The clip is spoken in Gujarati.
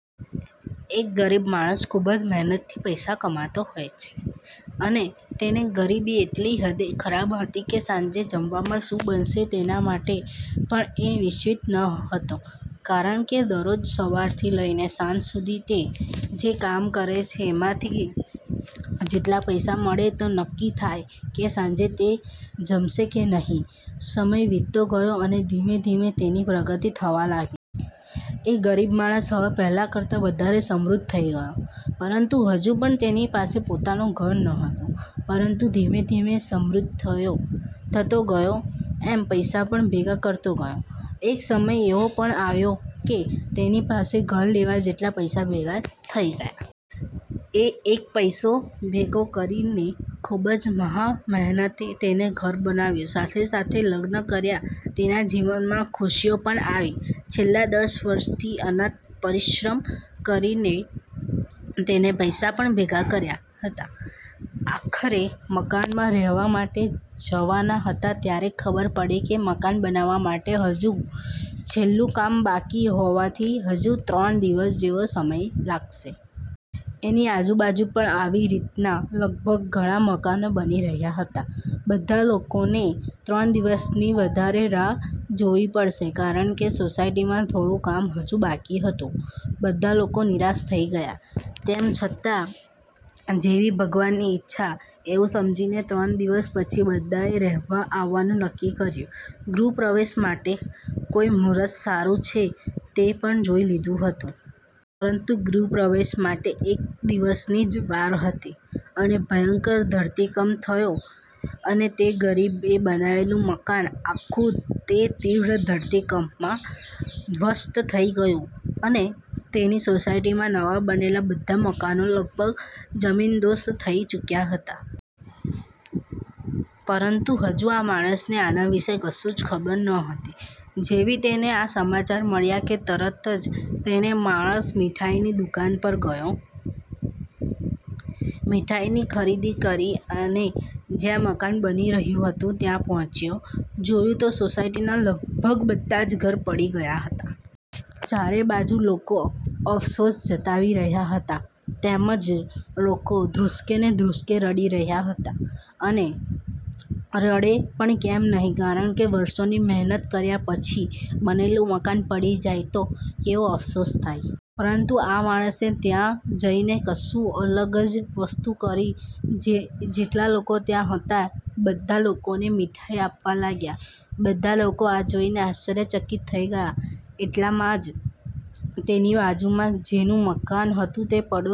એક ગરીબ માણસ ખૂબ જ મહેનત થી પૈસા કમાતો હોય છે, અને તેને ગરીબી એટલી હદે ખરાબ હતી કે સાંજે જમવામાં શું બનશે તેના માટે પણ તે નિશ્ચિત ન હતો, કારણકે દરરોજ સવારથી લઇને સાંજ સુધી તે જે કામ કરે છે એમાંથી જેટલા પૈસા મળે તો નક્કી થાય કે સાંજે તે જમશે કે નહીં, સમય વીતતો ગયો એમ ધીમે ધીમે તેની પ્રગતિ થવા લાગી. એ ગરીબ માણસ હવે પહેલા કરતા વધારે સમૃદ્ધ થઈ ગયો, પરંતુ હજુ પણ તેની પાસે પોતાનું ઘર નહોતું. પરંતુ ધીમે-ધીમે સમૃદ્ધ થતો ગયો એમ પૈસા પણ ભેગા કરતો ગયો, એક સમય એવો પણ આવ્યો કે તેની પાસે ઘર લેવા જેટલા પૈસા ભેગા થઈ ગયા. એક એક પૈસો ભેગો કરીને ખુબ જ મહામહેનતે તેને ઘર બનાવ્યું સાથે સાથે લગ્ન કર્યા તેના જીવનમાં ખુશીઓ પણ આવી. છેલ્લા દસ વર્ષથી અથાગ પરિશ્રમ કરીને તેને પૈસા પણ ભેગા કર્યા હતા. આખરે મકાનમાં રહેવા માટે જવાના હતા ત્યાં ખબર પડી કે મકાન બનાવવા માટે હજુ છેલ્લું કામ બાકી હોવાથી હજુ ત્રણ દિવસ જેવો સમય લાગશે. એની આજુબાજુ પણ આવી રીતના લગભગ ઘણા મકાનો બની રહ્યા હતા. બધા લોકોને ત્રણ દિવસની વધારે રાહ જોવી પડશે કારણકે સોસાયટીમાં થોડું કામ હજુ બાકી હતું. બધા લોકો નિરાશ થઈ ગયા. તેમ છતાં જેવી ભગવાનની ઈચ્છા એવું સમજીને ત્રણ દિવસ પછી બધાએ રહેવા આવવાનું નક્કી કર્યું ગૃહ પ્રવેશ માટે કયું મુહૂર્ત સારું છે તે પણ જોઈ લીધું હતું. પરંતુ ગૃહ પ્રવેશમાં એક દિવસની જ વાર હતી અને ભયંકર ધરતીકંપ થયો અને તે ગરીબ એ બનાવેલું મકાન આખું તે તીવ્ર ધરતીકંપ મા ધ્વસ્ત થઈ ગયું. અને એની સોસાયટીમાં નવા બનેલા બધા મકાનો લગભગ જમીનદોસ્ત થઈ ચૂક્યા હતા. પરંતુ હજી આ માણસને આના વિષે કશું જ ખબર નહોતી. જેવી તેને આ સમાચાર મળ્યા કે તરત જ તે માણસ મીઠાઈ ની દુકાન પર ગયો. મીઠાઈની ખરીદી કરી અને જ્યાં મકાન બની રહ્યું હતું ત્યાં પહોંચ્યો, જોયું તો સોસાયટીના લગભગ બધા મકાન પડી ગયા હતા. ચારે બાજુ લોકો અફસોસ જતાવી રહ્યા હતા તેમજ લોકો ધ્રુસ્કે ને ધ્રુસ્કે રડી રહ્યા હતા. અને રડે પણ કેમ નહીં કારણકે વર્ષોની મહેનત કર્યા પછી બનેલું મકાન પડી જાય તો કેવો અફસોસ થાય. પરંતુ આ માણસે ત્યાં જઈને કશું અલગ જ વસ્તુ કરી જેટલા લોકો ત્યાં હતા તે બધા લોકોને મીઠાઈ આપવા લાગ્યા. બધા લોકો આ જોઇને આશ્ચર્ય ચકિત થઈ ગયા, એટલામાં જ તેની બાજુમાં જેનું મકાન હતું તે પાડોશી